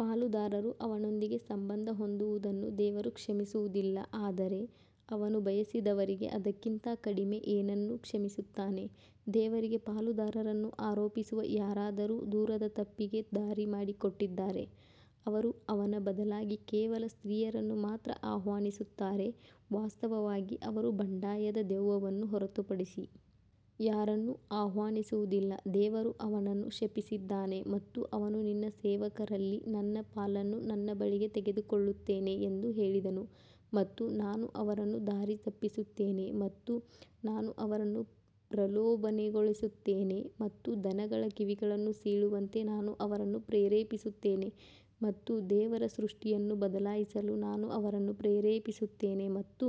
ಪಾಲುದಾರರು ಅವನೊಂದಿಗೆ ಸಂಬಂಧ ಹೊಂದುವುದನ್ನು ದೇವರು ಕ್ಷಮಿಸುವುದಿಲ್ಲ ಆದರೆ ಅವನು ಬಯಸಿದವರಿಗೆ ಅದಕ್ಕಿಂತ ಕಡಿಮೆ ಏನನ್ನೂ ಕ್ಷಮಿಸುತ್ತಾನೆ, ದೇವರಿಗೆ ಪಾಲುದಾರರನ್ನು ಆರೋಪಿಸುವ ಯಾರಾದರೂ ದೂರದ ತಪ್ಪಿಗೆ ದಾರಿ ಮಾಡಿಕೊಟ್ಟಿದ್ದಾರೆ. ಅವರು ಅವನ ಬದಲಾಗಿ ಕೇವಲ ಸ್ತ್ರೀಯರನ್ನು ಮಾತ್ರ ಆಹ್ವಾನಿಸುತ್ತಾರೆ ವಾಸ್ತವವಾಗಿ ಅವರು ಬಂಡಾಯದ ದೆವ್ವವನ್ನು ಹೊರತುಪಡಿಸಿ ಯಾರನ್ನೂ ಆಹ್ವಾನಿಸುವುದಿಲ್ಲ ದೇವರು ಅವನನ್ನು ಶಪಿಸಿದ್ದಾನೆ ಮತ್ತು ಅವನು ನಿನ್ನ ಸೇವಕರಲ್ಲಿ ನನ್ನ ಪಾಲನ್ನು ನನ್ನ ಬಳಿಗೆ ತೆಗೆದುಕೊಳ್ಳುತ್ತೇನೆ ಎಂದು ಹೇಳಿದನು ಮತ್ತು ನಾನು ಅವರನ್ನು ದಾರಿತಪ್ಪಿಸುತ್ತೇನೆ ಮತ್ತು ನಾನು ಅವರನ್ನು ಪ್ರಲೋಭನೆಗೊಳಿಸುತ್ತೇನೆ ಮತ್ತು ದನಗಳ ಕಿವಿಗಳನ್ನು ಸೀಳುವಂತೆ ನಾನು ಅವರನ್ನು ಪ್ರೇರೇಪಿಸುತ್ತೇನೆ ಮತ್ತು ದೇವರ ಸೃಷ್ಟಿಯನ್ನು ಬದಲಾಯಿಸಲು ನಾನು ಅವರನ್ನು ಪ್ರೇರೇಪಿಸುತ್ತೇನೆ ಮತ್ತು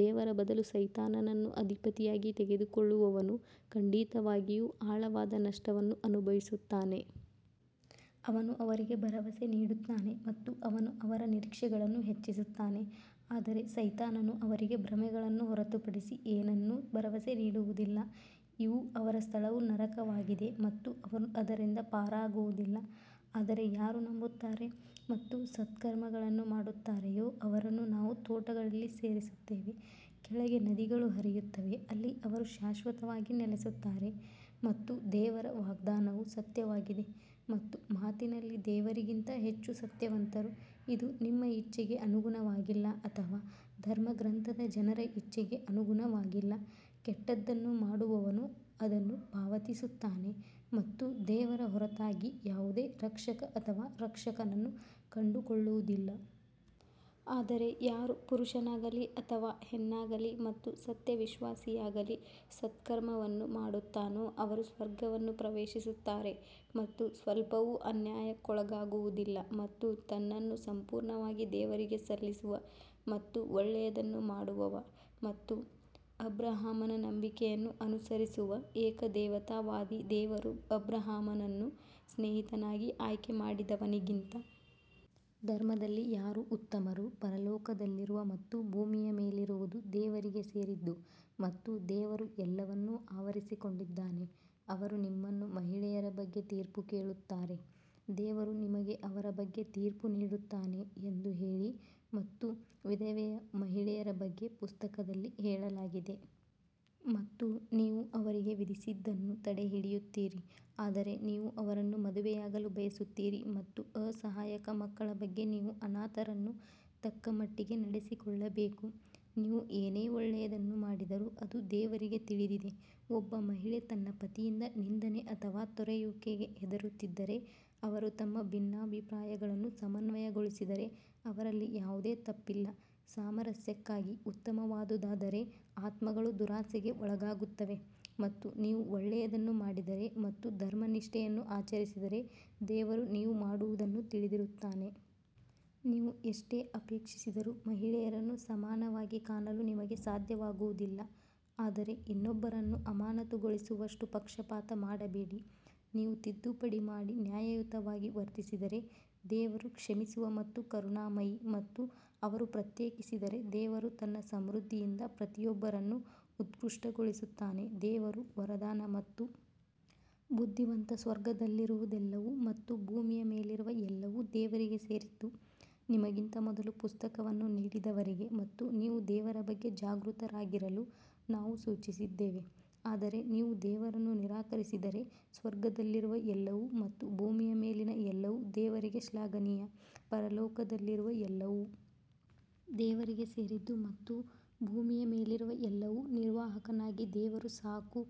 ದೇವರ ಬದಲು ಸೈತಾನನನ್ನು ಅಧಿಪತಿಯಾಗಿ ತೆಗೆದುಕೊಳ್ಳುವವನು ಖಂಡಿತವಾಗಿಯೂ ಆಳವಾದ ನಷ್ಟವನ್ನು ಅನುಭವಿಸುತ್ತಾನೆ. ಅವನು ಅವರಿಗೆ ಭರವಸೆ ನೀಡುತ್ತಾನೆ ಮತ್ತು ಅವನು ಅವರ ನಿರೀಕ್ಷೆಗಳನ್ನು ಹೆಚ್ಚಿಸುತ್ತಾನೆ ಆದರೆ ಸೈತಾನನು ಅವರಿಗೆ ಭ್ರಮೆಗಳನ್ನು ಹೊರತುಪಡಿಸಿ ಏನನ್ನೂ ಭರವಸೆ ನೀಡುವುದಿಲ್ಲ ಇವು ಅವರ ಸ್ಥಳವು ನರಕವಾಗಿದೆ ಮತ್ತು ಅವರು ಅದರಿಂದ ಪಾರಾಗುವುದಿಲ್ಲ ಆದರೆ ಯಾರು ನಂಬುತ್ತಾರೆ ಮತ್ತು ಸತ್ಕರ್ಮಗಳನ್ನು ಮಾಡುತ್ತಾರೆಯೋ ಅವರನ್ನು ನಾವು ತೋಟಗಳಲ್ಲಿ ಸೇರಿಸುತ್ತೇವೆ, ಕೆಳಗೆ ನದಿಗಳು ಹರಿಯುತ್ತವೆ, ಅಲ್ಲಿ ಅವರು ಶಾಶ್ವತವಾಗಿ ನೆಲೆಸುತ್ತಾರೆ ಮತ್ತು ದೇವರ ವಾಗ್ದಾನವು ಸತ್ಯವಾಗಿದೆ ಮತ್ತು ಮಾತಿನಲ್ಲಿ ದೇವರಿಗಿಂತ ಹೆಚ್ಚು ಸತ್ಯವಂತರು ಇದು ನಿಮ್ಮ ಇಚ್ಛೆಗೆ ಅನುಗುಣವಾಗಿಲ್ಲ ಅಥವಾ ಧರ್ಮಗ್ರಂಥದ ಜನರ ಇಚ್ಛೆಗೆ ಅನುಗುಣವಾಗಿಲ್ಲ, ಕೆಟ್ಟದ್ದನ್ನು ಮಾಡುವವನು ಅದನ್ನು ಪಾವತಿಸುತ್ತಾನೆ ಮತ್ತು ದೇವರ ಹೊರತಾಗಿ ಯಾವುದೇ ರಕ್ಷಕ ಅಥವಾ ರಕ್ಷಕನನ್ನು ಕಂಡುಕೊಳ್ಳುವುದಿಲ್ಲ. ಆದರೆ ಯಾರು ಪುರುಷನಾಗಲಿ ಅಥವಾ ಹೆಣ್ಣಾಗಲಿ ಮತ್ತು ಸತ್ಯವಿಶ್ವಾಸಿಯಾಗಲಿ ಸತ್ಕರ್ಮವನ್ನು ಮಾಡುತ್ತಾನೋ ಅವರು ಸ್ವರ್ಗವನ್ನು ಪ್ರವೇಶಿಸುತ್ತಾರೆ ಮತ್ತು ಸ್ವಲ್ಪವೂ ಅನ್ಯಾಯಕ್ಕೊಳಗಾಗುವುದಿಲ್ಲ. ಮತ್ತು ತನ್ನನ್ನು ಸಂಪೂರ್ಣವಾಗಿ ದೇವರಿಗೆ ಸಲ್ಲಿಸುವ ಮತ್ತು ಒಳ್ಳೆಯದನ್ನು ಮಾಡುವವ ಮತ್ತು ಅಬ್ರಹಾಮನ ನಂಬಿಕೆಯನ್ನು ಅನುಸರಿಸುವ ಏಕದೇವತಾವಾದಿ ದೇವರು ಅಬ್ರಹಾಮನನ್ನು ಸ್ನೇಹಿತನಾಗಿ ಆಯ್ಕೆ ಮಾಡಿದವನಿಗಿಂತ ಧರ್ಮದಲ್ಲಿ ಯಾರು ಉತ್ತಮರು ಪರಲೋಕದಲ್ಲಿರುವ ಮತ್ತು ಭೂಮಿಯ ಮೇಲಿರುವುದು ದೇವರಿಗೆ ಸೇರಿದ್ದು ಮತ್ತು ದೇವರು ಎಲ್ಲವನ್ನೂ ಆವರಿಸಿಕೊಂಡಿದ್ದಾನೆ ಅವರು ನಿಮ್ಮನ್ನು ಮಹಿಳೆಯರ ಬಗ್ಗೆ ತೀರ್ಪು ಕೇಳುತ್ತಾರೆ, ದೇವರು ನಿಮಗೆ ಅವರ ಬಗ್ಗೆ ತೀರ್ಪು ನೀಡುತ್ತಾನೆ ಎಂದು ಹೇಳಿ ಮತ್ತು ವಿಧವೆಯ ಮಹಿಳೆಯರ ಬಗ್ಗೆ ಪುಸ್ತಕದಲ್ಲಿ ಹೇಳಲಾಗಿದೆ ಮತ್ತು ನೀವು ಅವರಿಗೆ ವಿಧಿಸಿದ್ದನ್ನು ತಡೆಹಿಡಿಯುತ್ತೀರಿ ಆದರೆ ನೀವು ಅವರನ್ನು ಮದುವೆಯಾಗಲು ಬಯಸುತ್ತೀರಿ ಮತ್ತು ಅಸಹಾಯಕ ಮಕ್ಕಳ ಬಗ್ಗೆ ನೀವು ಅನಾಥರನ್ನು ತಕ್ಕಮಟ್ಟಿಗೆ ನಡೆಸಿಕೊಳ್ಳಬೇಕು, ನೀವು ಏನೇ ಒಳ್ಳೆಯದನ್ನು ಮಾಡಿದರೂ ಅದು ದೇವರಿಗೆ ತಿಳಿದಿದೆ ಒಬ್ಬ ಮಹಿಳೆ ತನ್ನ ಪತಿಯಿಂದ ನಿಂದನೆ ಅಥವಾ ತೊರೆಯುವಿಕೆಗೆ ಹೆದರುತ್ತಿದ್ದರೆ ಅವರು ತಮ್ಮ ಭಿನ್ನಾಭಿಪ್ರಾಯಗಳನ್ನು ಸಮನ್ವಯಗೊಳಿಸಿದರೆ ಅವರಲ್ಲಿ ಯಾವುದೇ ತಪ್ಪಿಲ್ಲ, ಸಾಮರಸ್ಯಕ್ಕಾಗಿ ಉತ್ತಮವಾದುದಾದರೆ ಆತ್ಮಗಳು ದುರಾಸೆಗೆ ಒಳಗಾಗುತ್ತವೆ ಮತ್ತು ನೀವು ಒಳ್ಳೆಯದನ್ನು ಮಾಡಿದರೆ ಮತ್ತು ಧರ್ಮನಿಷ್ಠೆಯನ್ನು ಆಚರಿಸಿದರೆ ದೇವರು ನೀವು ಮಾಡುವದನ್ನು ತಿಳಿದಿರುತ್ತಾನೆ. ನೀವು ಎಷ್ಟೇ ಅಪೇಕ್ಷಿಸಿದರೂ ಮಹಿಳೆಯರನ್ನು ಸಮಾನವಾಗಿ ಕಾಣಲು ನಿಮಗೆ ಸಾಧ್ಯವಾಗುವುದಿಲ್ಲ ಆದರೆ ಇನ್ನೊಬ್ಬರನ್ನು ಅಮಾನತುಗೊಳಿಸುವಷ್ಟು ಪಕ್ಷಪಾತ ಮಾಡಬೇಡಿ ನೀವು ತಿದ್ದುಪಡಿ ಮಾಡಿ ನ್ಯಾಯಯುತವಾಗಿ ವರ್ತಿಸಿದರೆ ದೇವರು ಕ್ಷಮಿಸುವ ಮತ್ತು ಕರುಣಾಮಯಿ ಮತ್ತು ಅವರು ಪ್ರತ್ಯೇಕಿಸಿದರೆ ದೇವರು ತನ್ನ ಸಮೃದ್ಧಿಯಿಂದ ಪ್ರತಿಯೊಬ್ಬರನ್ನು ಉತ್ಕೃಷ್ಟಗೊಳಿಸುತ್ತಾನೆ ದೇವರು ವರದಾನ ಮತ್ತು ಬುದ್ಧಿವಂತ ಸ್ವರ್ಗದಲ್ಲಿರುವುದೆಲ್ಲವೂ ಮತ್ತು ಭೂಮಿಯ ಮೇಲಿರುವ ಎಲ್ಲವೂ ದೇವರಿಗೆ ಸೇರಿದ್ದು, ನಿಮಗಿಂತ ಮೊದಲು ಪುಸ್ತಕವನ್ನು ನೀಡಿದವರಿಗೆ ಮತ್ತು ನೀವು ದೇವರ ಬಗ್ಗೆ ಜಾಗೃತರಾಗಿರಲು ನಾವು ಸೂಚಿಸಿದ್ದೇವೆ ಆದರೆ ನೀವು ದೇವರನ್ನು ನಿರಾಕರಿಸಿದರೆ ಸ್ವರ್ಗದಲ್ಲಿರುವ ಎಲ್ಲವೂ ಮತ್ತು ಭೂಮಿಯ ಮೇಲಿನ ಎಲ್ಲವೂ ದೇವರಿಗೆ ಶ್ಲಾಘನೀಯ ಪರಲೋಕದಲ್ಲಿರುವ ಎಲ್ಲವೂ ದೇವರಿಗೆ ಸೇರಿದ್ದು ಮತ್ತು ಭೂಮಿಯ ಮೇಲಿರುವ ಎಲ್ಲವೂ ನಿರ್ವಾಹಕನಾಗಿ ದೇವರು ಸಾಕು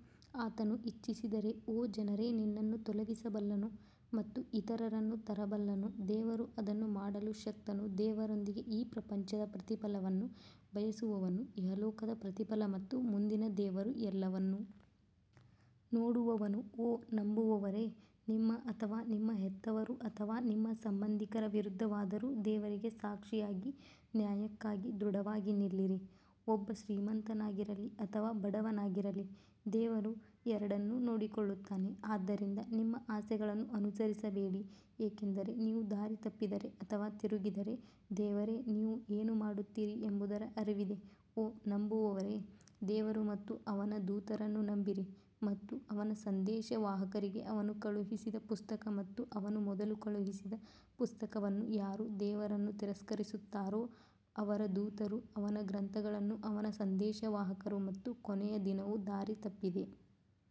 ಆತನು ಇಚ್ಛಿಸಿದರೆ ಓ ಜನರೇ ನಿನ್ನನ್ನು ತೊಲಗಿಸಬಲ್ಲನು ಮತ್ತು ಇತರರನ್ನು ತರಬಲ್ಲನು ದೇವರು ಅದನ್ನು ಮಾಡಲು ಶಕ್ತನು ದೇವರೊಂದಿಗೆ ಈ ಪ್ರಪಂಚದ ಪ್ರತಿಫಲವನ್ನು ಬಯಸುವವನು ಇಹಲೋಕದ ಪ್ರತಿಫಲ ಮತ್ತು ಮುಂದಿನ ದೇವರು ಎಲ್ಲವನ್ನೂ ನೋಡುವವನು ಓ ನಂಬುವವರೇ, ನಿಮ್ಮ ಅಥವಾ ನಿಮ್ಮ ಹೆತ್ತವರು ಅಥವಾ ನಿಮ್ಮ ಸಂಬಂಧಿಕರ ವಿರುದ್ಧವಾದರೂ ದೇವರಿಗೆ ಸಾಕ್ಷಿಯಾಗಿ ನ್ಯಾಯಕ್ಕಾಗಿ ದೃಢವಾಗಿ ನಿಲ್ಲಿರಿ, ಒಬ್ಬ ಶ್ರೀಮಂತನಾಗಿರಲಿ ಅಥವಾ ಬಡವರಾಗಿರಲಿ ದೇವರು ಎರಡನ್ನೂ ನೋಡಿಕೊಳ್ಳುತ್ತಾನೆ ಆದ್ದರಿಂದ ನಿಮ್ಮ ಆಸೆಗಳನ್ನು ಅನುಸರಿಸಬೇಡಿ ಏಕೆಂದರೆ ನೀವು ದಾರಿ ತಪ್ಪಿದರೆ ಅಥವಾ ತಿರುಗಿದರೆ ದೇವರೇ ನೀವು ಏನು ಮಾಡುತ್ತೀರಿ ಎಂಬುದರ ಅರಿವಿದೆ ಓ ನಂಬುವವರೇ, ದೇವರು ಮತ್ತು ಅವನ ದೂತರನ್ನು ನಂಬಿರಿ ಮತ್ತು ಅವನ ಸಂದೇಶವಾಹಕರಿಗೆ ಅವನು ಕಳುಹಿಸಿದ ಪುಸ್ತಕ ಮತ್ತು ಅವನು ಮೊದಲು ಕಳುಹಿಸಿದ ಪುಸ್ತಕವನ್ನು ಯಾರು ದೇವರನ್ನು ತಿರಸ್ಕರಿಸುತ್ತಾರೋ ಅವರ ದೂತರು ಅವನ ಗ್ರಂಥಗಳನ್ನು ಅವನ ಸಂದೇಶವಾಹಕರು ಮತ್ತು ಕೊನೆಯ ದಿನವು ದಾರಿ ತಪ್ಪಿದೆ.